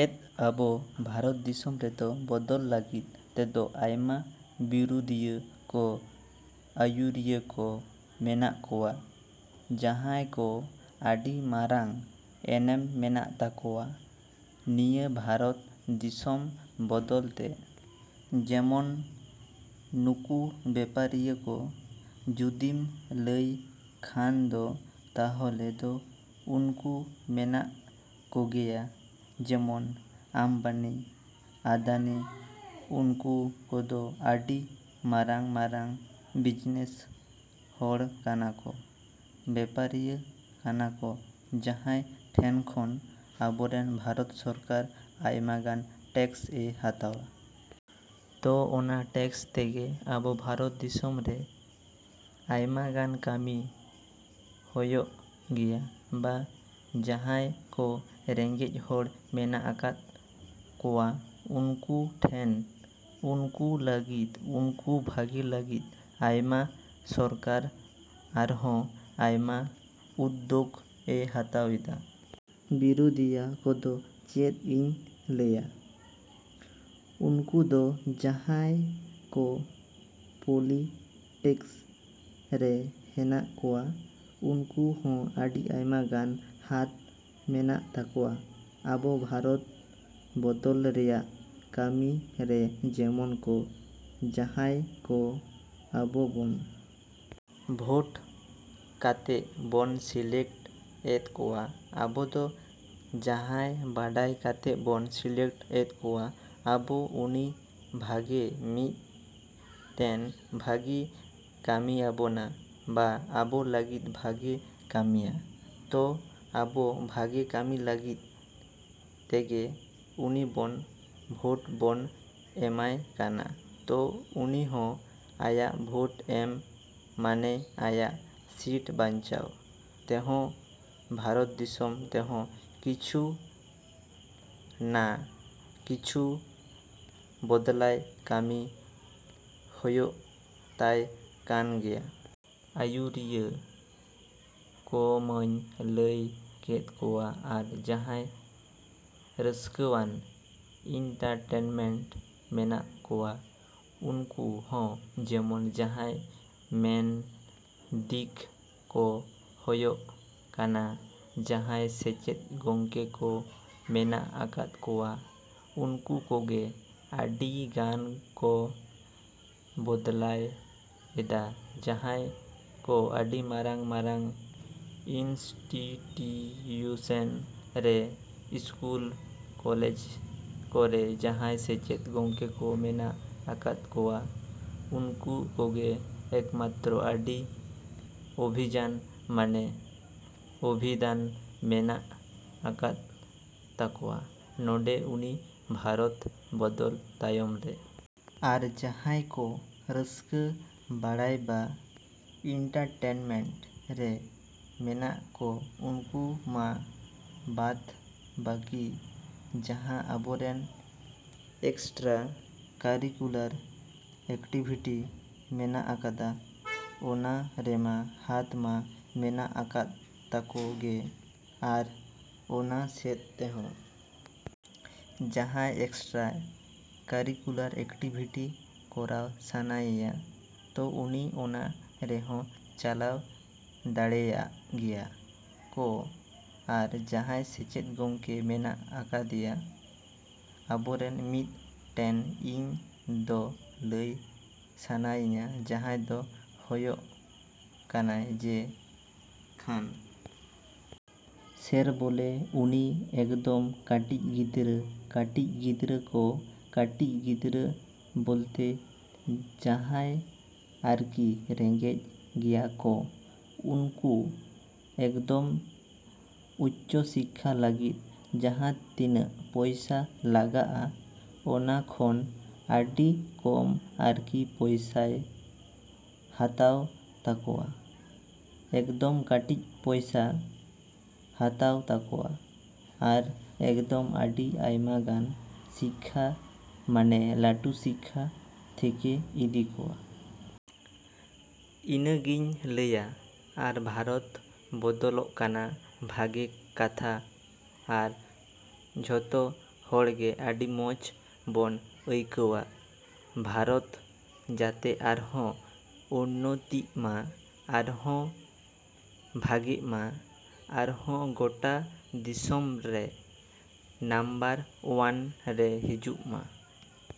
ᱮᱸᱫ ᱟᱵᱚ ᱵᱷᱟᱨᱚᱛ ᱫᱤᱥᱚᱢ ᱨᱮᱫᱚ ᱵᱚᱫᱚᱞ ᱞᱟᱹᱜᱤᱫ ᱛᱮᱫᱚ ᱟᱭᱢᱟ ᱵᱤᱨᱳᱫᱤᱭᱟᱹ ᱠᱚ, ᱟᱹᱭᱩᱨᱤᱭᱟᱹ ᱠᱚ ᱢᱮᱱᱟᱜ ᱠᱚᱣᱟ ᱡᱟᱦᱟᱸᱭ ᱠᱚ ᱟᱹᱰᱤ ᱢᱟᱨᱟᱝ ᱮᱱᱮᱢ ᱢᱮᱱᱟᱜ ᱛᱟᱠᱚᱣᱟ ᱱᱤᱭᱟᱹ ᱵᱷᱟᱨᱚᱛ ᱫᱤᱥᱚᱢ ᱵᱚᱫᱚᱞ ᱛᱮ ᱾ ᱡᱮᱢᱚᱱ ᱱᱩᱠᱩ ᱵᱮᱯᱟᱨᱤᱭᱟᱹ ᱠᱚ ᱡᱩᱫᱤᱢ ᱞᱟᱹᱭ ᱠᱷᱟᱱ ᱫᱚ ᱛᱟᱦᱚᱞᱮ ᱫᱚ ᱩᱱᱠᱩ ᱢᱮᱱᱟᱜ ᱠᱚᱜᱮᱭᱟ ᱡᱮᱢᱚᱱ ᱟᱢᱵᱟᱱᱤ, ᱟᱰᱟᱱᱤ ᱩᱱᱠᱩ ᱠᱚᱫᱚ ᱟᱹᱰᱤ ᱢᱟᱨᱟᱝᱼᱢᱟᱨᱟᱝ ᱵᱤᱡᱽᱱᱮᱥ ᱦᱚᱲ ᱠᱟᱱᱟ ᱠᱚ, ᱵᱮᱯᱟᱨᱤᱭᱟᱹ ᱠᱟᱱᱟ ᱠᱚ ᱡᱟᱦᱟᱸᱭ ᱴᱷᱮᱱ ᱠᱷᱚᱱ ᱟᱵᱚᱨᱮᱱ ᱵᱷᱟᱨᱚᱛ ᱥᱚᱨᱠᱟᱨ ᱟᱭᱢᱟ ᱜᱟᱱ ᱴᱮᱠᱥ ᱮ ᱦᱟᱛᱟᱣᱟ᱾ ᱛᱚ ᱚᱱᱟ ᱴᱮᱠᱥ ᱛᱮᱜᱮ ᱟᱵᱚ ᱵᱷᱟᱨᱚᱛ ᱫᱤᱥᱚᱢ ᱨᱮ ᱟᱭᱢᱟ ᱜᱟᱱ ᱠᱟᱹᱢᱤ ᱦᱚᱭᱚᱜ ᱜᱮᱭᱟ ᱵᱟ ᱡᱟᱦᱟᱸᱭ ᱠᱚ ᱨᱮᱸᱜᱮᱡ ᱦᱚᱲ ᱢᱮᱱᱟᱜ ᱟᱠᱟᱫ ᱠᱚᱣᱟ ᱩᱱᱠᱩ ᱴᱷᱮᱱ, ᱩᱱᱠᱩ ᱞᱟᱹᱜᱤᱫ, ᱩᱱᱠᱩ ᱵᱷᱟᱜᱮ ᱞᱟᱹᱜᱤᱫ ᱟᱭᱢᱟ ᱥᱚᱨᱠᱟᱨ ᱟᱨᱦᱚᱸ ᱟᱭᱢᱟ ᱩᱫᱽᱫᱳᱜᱽ ᱮ ᱦᱟᱛᱟᱣ ᱮᱫᱟ᱾ ᱵᱤᱨᱳᱫᱤᱭᱟᱹ ᱠᱚᱫᱚ ᱪᱮᱫ ᱤᱧ ᱞᱟᱹᱭᱟ? ᱩᱱᱠᱩ ᱫᱚ ᱡᱟᱦᱟᱸᱭ ᱠᱚ ᱯᱚᱞᱤᱴᱤᱠᱥ ᱨᱮ ᱦᱮᱱᱟᱜ ᱠᱚᱣᱟ ᱩᱱᱠᱩ ᱦᱚᱸ ᱟᱹᱰᱤ ᱟᱭᱢᱟ ᱜᱟᱱ ᱦᱟᱛ ᱢᱮᱱᱟᱜ ᱛᱟᱠᱚᱣᱟ ᱟᱵᱚ ᱵᱷᱟᱨᱚᱛ ᱵᱚᱫᱚᱞ ᱨᱮᱭᱟᱜ ᱠᱟᱹᱢᱤ ᱨᱮ ᱡᱮᱢᱚᱱ ᱠᱚ ᱡᱟᱦᱟᱸᱭ ᱠᱚ ᱟᱵᱚ ᱵᱚᱱ ᱵᱷᱳᱴ ᱠᱟᱛᱮᱫ ᱵᱚᱱ ᱥᱤᱞᱮᱠᱴ ᱮᱫ ᱠᱚᱣᱟ, ᱟᱵᱚ ᱫᱚ ᱡᱟᱦᱟᱸᱭ ᱵᱟᱰᱟᱭ ᱠᱟᱛᱮᱫ ᱵᱚᱱ ᱥᱤᱞᱮᱠᱴ ᱮᱫ ᱠᱚᱣᱟ ᱟᱵᱚ ᱩᱱᱤ ᱵᱷᱟᱜᱮ ᱢᱤᱫᱴᱮᱱ ᱵᱷᱟᱹᱜᱤ ᱠᱟᱹᱢᱤᱭᱟᱵᱚᱱᱟ ᱵᱟ ᱟᱵᱚ ᱞᱟᱹᱜᱤᱫ ᱵᱷᱟᱹᱜᱮ ᱠᱟᱹᱢᱤᱭᱟ ᱛᱚ ᱟᱵᱚ ᱵᱷᱟᱜᱮ ᱠᱟᱹᱢᱤ ᱞᱟᱹᱜᱤᱫ ᱛᱮᱜᱮ ᱩᱱᱤ ᱵᱚᱱ ᱵᱷᱳᱴ ᱵᱚᱱ ᱮᱢᱟᱭ ᱠᱟᱱᱟ ᱛᱚ ᱩᱱᱤ ᱦᱚᱸ ᱟᱭᱟᱜ ᱵᱷᱳᱴ ᱮᱢ ᱢᱟᱱᱮ ᱟᱭᱟᱜ ᱥᱤᱴ ᱵᱟᱧᱪᱟᱣ ᱛᱮᱦᱚᱸ ᱵᱷᱟᱨᱚᱛ ᱫᱤᱥᱚᱢ ᱛᱮᱦᱚᱸ ᱠᱤᱪᱷᱩ ᱱᱟ ᱠᱤᱪᱷᱩ ᱵᱚᱫᱽᱞᱟᱣ ᱠᱟᱹᱢᱤ ᱦᱚᱭᱚᱜ ᱛᱟᱭ ᱠᱟᱱ ᱜᱮᱭᱟ᱾ ᱟᱹᱭᱩᱨᱤᱭᱟᱹ ᱠᱚᱢᱟᱧ ᱞᱟᱹᱭ ᱠᱮᱫ ᱠᱚᱣᱟ ᱟᱨ ᱡᱟᱦᱟᱸᱭ ᱨᱟᱹᱥᱠᱟᱹᱣᱟᱱ, ᱮᱱᱴᱟᱨᱴᱮᱱᱢᱮᱱᱴ ᱢᱮᱱᱟᱜ ᱠᱚᱣᱟ ᱩᱱᱠᱩ ᱦᱚᱸ ᱡᱮᱢᱚᱱ ᱡᱟᱦᱟᱸᱭ ᱢᱮᱱ ᱫᱤᱠ ᱠᱚ ᱦᱚᱭᱚᱜ ᱠᱟᱱᱟ ᱡᱟᱦᱟᱸᱭ ᱥᱮᱪᱮᱫ ᱜᱚᱢᱠᱮ ᱠᱚ ᱢᱮᱱᱟᱜ ᱟᱠᱟᱫ ᱠᱚᱣᱟ ᱩᱱᱠᱩ ᱠᱚᱜᱮ ᱟᱹᱰᱤ ᱜᱟᱱ ᱠᱚ ᱵᱚᱫᱞᱟᱣ ᱮᱫᱟ ᱡᱟᱦᱟᱸᱭ ᱠᱚ ᱟᱹᱰᱤ ᱢᱟᱨᱟᱝᱼᱢᱟᱨᱟᱝ ᱤᱱᱥᱴᱤᱴᱤᱭᱩᱥᱚᱱ ᱨᱮ, ᱥᱠᱩᱞ, ᱠᱚᱞᱮᱡᱽ ᱠᱚᱨᱮ ᱡᱟᱦᱟᱸᱭ ᱥᱮᱪᱮᱫ ᱜᱚᱢᱠᱮ ᱠᱚ ᱢᱮᱱᱟᱜ ᱟᱠᱟᱫ ᱠᱚᱣᱟ ᱩᱱᱠᱩ ᱠᱚᱜᱮ ᱮᱠᱢᱟᱛᱨᱚ ᱟᱹᱰᱤ ᱚᱵᱷᱤᱡᱟᱱ ᱢᱟᱱᱮ ᱚᱵᱷᱤᱫᱷᱟᱱ ᱢᱮᱱᱟᱜ ᱟᱠᱟᱫ ᱛᱟᱠᱚᱣᱟ ᱱᱚᱸᱰᱮ ᱩᱱᱤ ᱵᱷᱟᱨᱚᱛ ᱵᱚᱫᱚᱞ ᱛᱟᱭᱚᱢ ᱨᱮ᱾ ᱟᱨ ᱡᱟᱸᱦᱟᱭ ᱠᱚ ᱨᱟᱹᱥᱠᱟᱹ ᱵᱟᱲᱟᱭ ᱵᱟ ᱮᱱᱴᱟᱨᱴᱮᱱᱢᱮᱱᱴ ᱨᱮ ᱢᱮᱱᱟᱜ ᱠᱚ ᱩᱱᱠᱩ ᱢᱟ ᱵᱟᱫᱽ ᱵᱟᱠᱤ ᱡᱟᱦᱟᱸ ᱟᱵᱚᱨᱮᱱ ᱮᱠᱥᱴᱨᱟ ᱠᱟᱨᱤᱠᱩᱞᱟᱨ ᱮᱠᱴᱤᱵᱷᱤᱴᱤ ᱢᱮᱱᱟᱜ ᱟᱠᱟᱫᱟ ᱚᱱᱟ ᱨᱮᱢᱟ ᱦᱟᱛ ᱢᱟ ᱢᱮᱱᱟᱜ ᱟᱠᱟᱫ ᱛᱟᱠᱚ ᱜᱮ ᱟᱨ ᱚᱱᱟ ᱥᱮᱫ ᱛᱮᱦᱚᱸ ᱡᱟᱸᱦᱟᱭ ᱮᱠᱥᱴᱨᱟ ᱠᱟᱨᱤᱠᱩᱞᱟᱨ ᱮᱠᱴᱤᱵᱷᱤᱴᱤ ᱠᱚᱨᱟᱣ ᱥᱟᱱᱟᱭᱮᱭᱟ ᱛᱚ ᱩᱱᱤ ᱚᱱᱟ ᱨᱮᱦᱚᱸ ᱪᱟᱞᱟᱣ ᱫᱟᱲᱮᱭᱟᱜ ᱜᱮᱭᱟ ᱠᱚ ᱟᱨ ᱡᱟᱦᱟᱭ ᱥᱮᱪᱮᱫ ᱜᱚᱢᱠᱮ ᱢᱮᱱᱟᱜ ᱟᱠᱟᱫᱮᱭᱟ ᱟᱵᱚᱨᱮᱱ ᱢᱤᱫ ᱴᱮᱱ ᱤᱧ ᱫᱚ ᱞᱟᱹᱭ ᱥᱟᱱᱟᱭᱤᱧᱟ ᱡᱟᱦᱟᱭ ᱫᱚ ᱦᱚᱭᱚᱜ ᱠᱟᱱᱟᱭ ᱡᱮ ᱠᱷᱟᱱ ᱥᱮᱨ ᱵᱚᱞᱮ ᱩᱱᱤ ᱮᱠᱫᱚᱢ ᱠᱟᱹᱴᱤᱡ ᱜᱤᱫᱽᱨᱟᱹ, ᱠᱟᱹᱴᱤᱡ ᱜᱤᱫᱽᱨᱟᱹ ᱠᱚ, ᱠᱟᱹᱴᱤᱡ ᱜᱤᱫᱽᱨᱟᱹ ᱵᱚᱞᱛᱮ ᱡᱟᱦᱟᱭ ᱟᱨᱠᱤ ᱨᱮᱸᱜᱮᱡ ᱜᱮᱭᱟᱠᱚ ᱩᱱᱠᱩ ᱮᱠᱫᱚᱢ ᱩᱪᱪᱚ ᱥᱤᱠᱠᱷᱟ ᱞᱟᱹᱜᱤᱫ ᱡᱟᱦᱟ ᱛᱤᱱᱟᱹᱜ ᱯᱚᱭᱥᱟ ᱞᱟᱜᱟᱜᱼᱟ ᱚᱱᱟ ᱠᱷᱚᱱ ᱟᱹᱰᱤ ᱠᱚᱢ ᱟᱨᱠᱤ ᱯᱚᱭᱥᱟᱭ ᱦᱟᱛᱟᱣ ᱛᱟᱠᱚᱣᱟ ᱮᱠᱫᱚᱢ ᱠᱟᱹᱴᱤᱡ ᱯᱚᱭᱥᱟᱭ ᱦᱟᱛᱟᱣ ᱛᱟᱠᱚᱣᱟ ᱟᱨ ᱮᱠᱫᱚᱢ ᱟᱹᱰᱤ ᱟᱭᱢᱟ ᱜᱟᱱ ᱥᱤᱠᱠᱷᱟ ᱢᱟᱱᱮ ᱞᱟᱹᱴᱩ ᱥᱤᱠᱠᱷᱟ ᱛᱷᱮᱠᱮ ᱤᱫᱤ ᱠᱚᱣᱟ᱾ ᱤᱱᱟᱹᱜᱤᱧ ᱞᱟᱹᱭᱟ ᱟᱨ ᱵᱷᱟᱨᱚᱛ ᱵᱚᱫᱚᱞᱚᱜ ᱠᱟᱱᱟ ᱵᱷᱟᱹᱜᱮ ᱠᱟᱛᱷᱟ ᱟᱨ ᱡᱷᱚᱛᱚ ᱦᱚᱲ ᱜᱮ ᱟᱹᱰᱤ ᱢᱚᱸᱡᱽ ᱵᱚᱱ ᱟᱹᱭᱠᱟᱹᱣᱟ ᱵᱷᱟᱨᱚᱛ ᱡᱟᱛᱮ ᱟᱨᱦᱚᱸ ᱩᱱᱱᱚᱛᱤᱜᱼᱢᱟ, ᱟᱨᱦᱚᱸ ᱵᱷᱟᱜᱮᱜ ᱢᱟ, ᱟᱨᱦᱚ ᱜᱳᱴᱟ ᱫᱤᱥᱚᱢ ᱨᱮ ᱱᱟᱢᱵᱟᱨ ᱚᱣᱟᱱ ᱨᱮ ᱦᱤᱡᱩᱜ ᱢᱟ᱾।